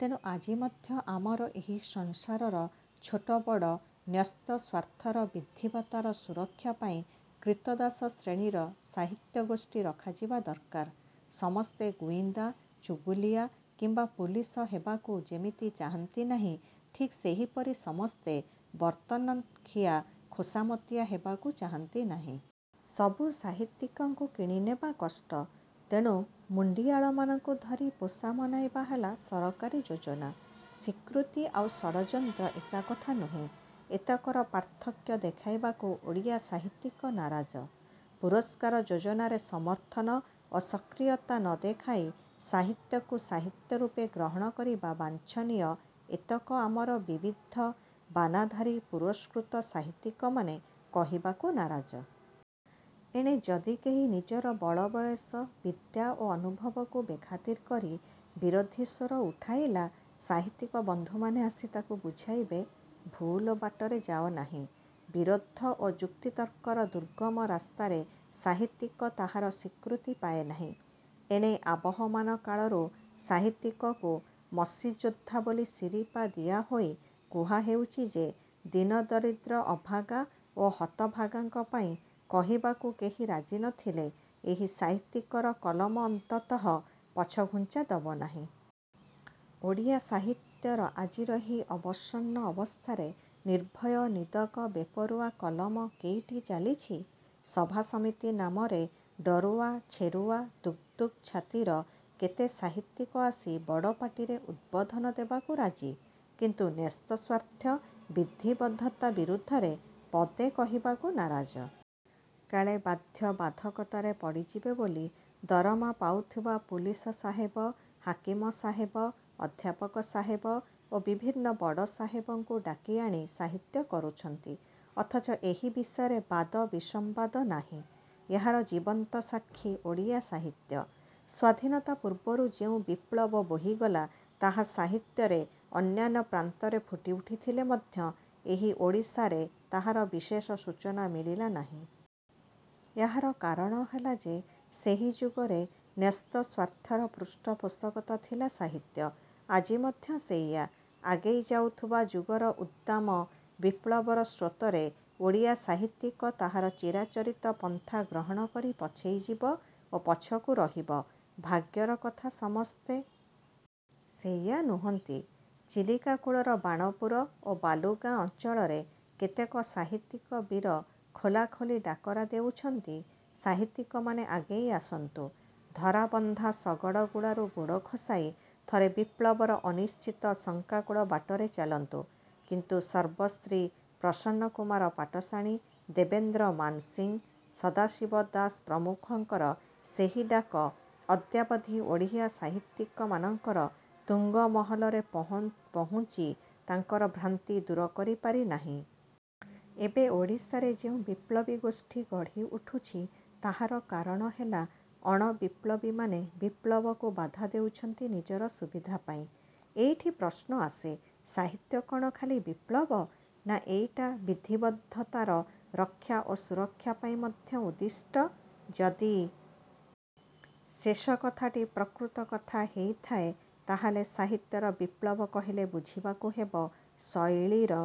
ତେଣୁ ଆଜି ମଧ୍ୟ ଆମର ଏହି ସଂସାରର ଛୋଟବଡ଼ ନ୍ୟସ୍ତସ୍ୱାର୍ଥର ବିଧିବଦ୍ଧତାର ସୁରକ୍ଷା ପାଇଁ କ୍ରୀତଦାସ ଶ୍ରେଣୀର ସାହିତ୍ୟଗୋଷ୍ଠୀ ରଖାଯିବା ଦରକାର। ସମସ୍ତେ ଗୁଇନ୍ଦା, ଚୁଗୁଲିଆ କିମ୍ୱା ପୁଲିସ ହେବାକୁ ଯେମିତି ଚାହାନ୍ତି ନାହିଁ ଠିକ୍ ସେହିପରି ସମସ୍ତେ ବର୍ତ୍ତନଖିଆ ଖୋସାମତିଆ ହେବାକୁ ଚାହାନ୍ତି ନାହିଁ। ସବୁ ସାହିତ୍ୟିକଙ୍କୁ କିଣି ନେବା କଷ୍ଟ। ତେଣୁ ମୁଣ୍ତିଆଳମାନଙ୍କୁ ଧରି ପୋଷା ମନାଇବା ହେଲା ସରକାରୀ ଯୋଜନା। ସ୍ୱୀକୃତି ଆଉ ଷଡ଼ଯନ୍ତ୍ର ଏକା କଥା ନୁହେଁ। ଏତକର ପାର୍ଥକ୍ୟ ଦେଖାଇବାକୁ ଓଡ଼ିଆ ସାହିତ୍ୟିକ ନାରାଜ। ପୁରସ୍କାର ଯୋଜନାରେ ସମର୍ଥନ ଓ ସକ୍ରିୟତା ନ ଦେଖାଇ ସାହିତ୍ୟକୁ ସାହିତ୍ୟ ରୂପେ ଗ୍ରହଣ କରିବା ବାଞ୍ଛନୀୟ-ଏତକ ଆମର ବିବିଧ ବାନାଧାରୀ ପୁରସ୍କୃତ ସାହିତ୍ୟିକମାନେ କହିବାକୁ ନାରାଜ। ଏଣେ ଯଦି କେହି ନିଜର ବଳବୟସ ବିଦ୍ୟା ଓ ଅନୁଭବକୁ ବେଖାତିର କରି ବିରୋଧୀ ସ୍ୱର ଉଠାଇଲା, ସାହିତ୍ୟିକ ବନ୍ଧୁମାନେ ଆସି ତାକୁ ବୁଝାଇବେ-ଭୁଲ ବାଟରେ ଯାଅ ନାହିଁ। ବିରୋଧ ଓ ଯୁକ୍ତିତର୍କର ଦୁର୍ଗମ ରାସ୍ତାରେ ସାହିତ୍ୟିକ ତାହାର ସ୍ୱୀକୃତି ପାଏ ନାହିଁ। ଏଣେ ଆବହମାନ କାଳରୁ ସାହିତ୍ୟିକକୁ ମସିଯୋଦ୍ଧା ବୋଲି ଶିରିପା ଦିଆହୋଇ କୁହା ହେଉଛି ଯେ ଦୀନ ଦରିଦ୍ର ଅଭାଗା ଓ ହତଭାଗାଙ୍କ ପାଇଁ କହିବାକୁ କେହି ରାଜି ନ ଥିଲେ ଏହି ସାହିତ୍ୟିକର କଲମ ଅନ୍ତତଃ ପଛଘୁଞ୍ଚା ଦବ ନାହିଁ। ଓଡ଼ିଆ ସାହିତ୍ୟର ଆଜିର ଏହି ଅବସନ୍ନ ଅବସ୍ଥାରେ ନିର୍ଭୟ ନିଦକ ବେପରୁଆ କଲମ କେଇଟି ଚାଲିଛି? ସଭାସମିତି ନାମରେ ଡରୁଆ, ଛେରୁଆ, ଦୁକ୍ ଦୁକ୍ ଛାତିର କେତେ ସାହିତ୍ୟିକ ଆସି ବଡ଼ ପାଟିରେ ଉଦ୍ବୋଧନ ଦେବାକୁ ରାଜି। କିନ୍ତୁ ନ୍ୟସ୍ତସ୍ୱାର୍ଥ, ବିଧିବଦ୍ଧତା ବିରୁଦ୍ଧରେ ପଦେ କହିବାକୁ ନାରାଜ। କାଳେ ବାଧ୍ୟ ବାଧକତାରେ ପଡ଼ିଯିବେ ବୋଲି ଦରମା ପାଉଥିବା ପୁଲିସ ସାହେବ, ହାକିମ ସାହେବ, ଅଧ୍ୟାପକ ସାହେବ ଓ ବିଭିନ୍ନ ବଡ଼ ସାହେବଙ୍କୁ ଡାକିଆଣି ସାହିତ୍ୟ କରୁଛନ୍ତି। ଅଥଚ ଏହି ବିଷୟରେ ବାଦ ବିସମ୍ୱାଦ ନାହିଁ। ଏହାର ଜୀବନ୍ତ ସାକ୍ଷୀ ଓଡ଼ିଆ ସାହିତ୍ୟ। ସ୍ୱାଧୀନତା ପୂର୍ବରୁ ଯେଉଁ ବିପ୍ଳବ ବୋହିଗଲା ତାହା ସାହିତ୍ୟରେ ଅନ୍ୟାନ୍ୟ ପ୍ରାନ୍ତରେ ଫୁଟି ଉଠିଥିଲେ ମଧ୍ୟ ଏହି ଓଡ଼ିଶାରେ ତାହାର ବିଶେଷ ସୂଚନା ମିଳିଲା ନାହିଁ। ଏହାର କାରଣ ହେଲା ଯେ ସେହି ଯୁଗରେ ନ୍ୟସ୍ତସ୍ୱାର୍ଥର ପୃଷ୍ଠପୋଷକତା ଥିଲା ସାହିତ୍ୟ। ଆଜି ମଧ୍ୟ ସେଇଆ। ଆଗେଇ ଯାଉଥିବା ଯୁଗର ଉଦ୍ଦାମ ବିପ୍ଳବର ସ୍ରୋତରେ ଓଡ଼ିଆ ସାହିତ୍ୟିକ ତାହାର ଚିରାଚରିତ ପନ୍ଥା ଗ୍ରହଣ କରି ପଛେଇ ଯିବ ଓ ପଛକୁ ରହିବ। ଭାଗ୍ୟର କଥା ସମସ୍ତେ। ସେଇଆ ନୁହନ୍ତି। ଚିଲିକା କୂଳର ବାଣପୁର ଓ ବାଲୁଗାଁ ଅଞ୍ଚଳରେ କେତେକ ସାହିତ୍ୟିକ ବୀର ଖୋଲାଖୋଲି ଡାକରା ଦେଉଛନ୍ତି-ସାହିତ୍ୟିକମାନେ ଆଗେଇ ଆସନ୍ତୁ। ଧରାବନ୍ଧା ଶଗଡ଼ଗୁଳାରୁ ଗୋଡ଼ ଖସାଇ ଥରେ ବିପ୍ଳବର ଅନିଶ୍ଚିତ ଶଙ୍କାକୁଳ ବାଟରେ ଚାଲନ୍ତୁ। କିନ୍ତୁ ସର୍ବଶ୍ରୀ ପ୍ରସନ୍ନ କୁମାର ପାଟଶାଣୀ, ଦେବେନ୍ଦ୍ର ମାନସିଂ, ସଦାଶିବ ଦାସ ପ୍ରମୁଖଙ୍କର ସେହି ଡାକ ଅଦ୍ୟାବଧି ଓଡ଼ିଆ ସାହିତ୍ୟିକ ମାନଙ୍କର ତୁଙ୍ଗ ମହଲରେ ପହୁଞ୍ଚି ତାଙ୍କର ଭ୍ରାନ୍ତି ଦୂର କରି ପାରିନାହିଁ। ଏବେ ଓଡ଼ିଶାରେ ଯେଉଁ ବିପ୍ଳବୀ ଗୋଷ୍ଠୀ ଗଢ଼ି ଉଠୁଛି ତାହାର କାରଣ ହେଲା ଅଣ-ବିପ୍ଳବୀମାନେ ବିପ୍ଳବକୁ ବାଧା ଦେଉଛନ୍ତି ନିଜର ସୁବିଧା ପାଇଁ। ଏଇଠି ପ୍ରଶ୍ନ ଆସେ-ସାହିତ୍ୟ କ'ଣ ଖାଲି ବିପ୍ଳବ? ନା ଏଇଟା ବିଧିବଦ୍ଧତାର ରକ୍ଷା ଓ ସୁରକ୍ଷା ପାଇଁ ମଧ୍ୟ ଉଦ୍ଦିଷ୍ଟ? ଯଦି ଶେଷ କଥାଟି ପ୍ରକୃତ କଥା ହେଇଥାଏ ତାହାହେଲେ ସାହିତ୍ୟର ବିପ୍ଳବ କହିଲେ ବୁଝିବାକୁ ହେବ-ଶୈଳୀର,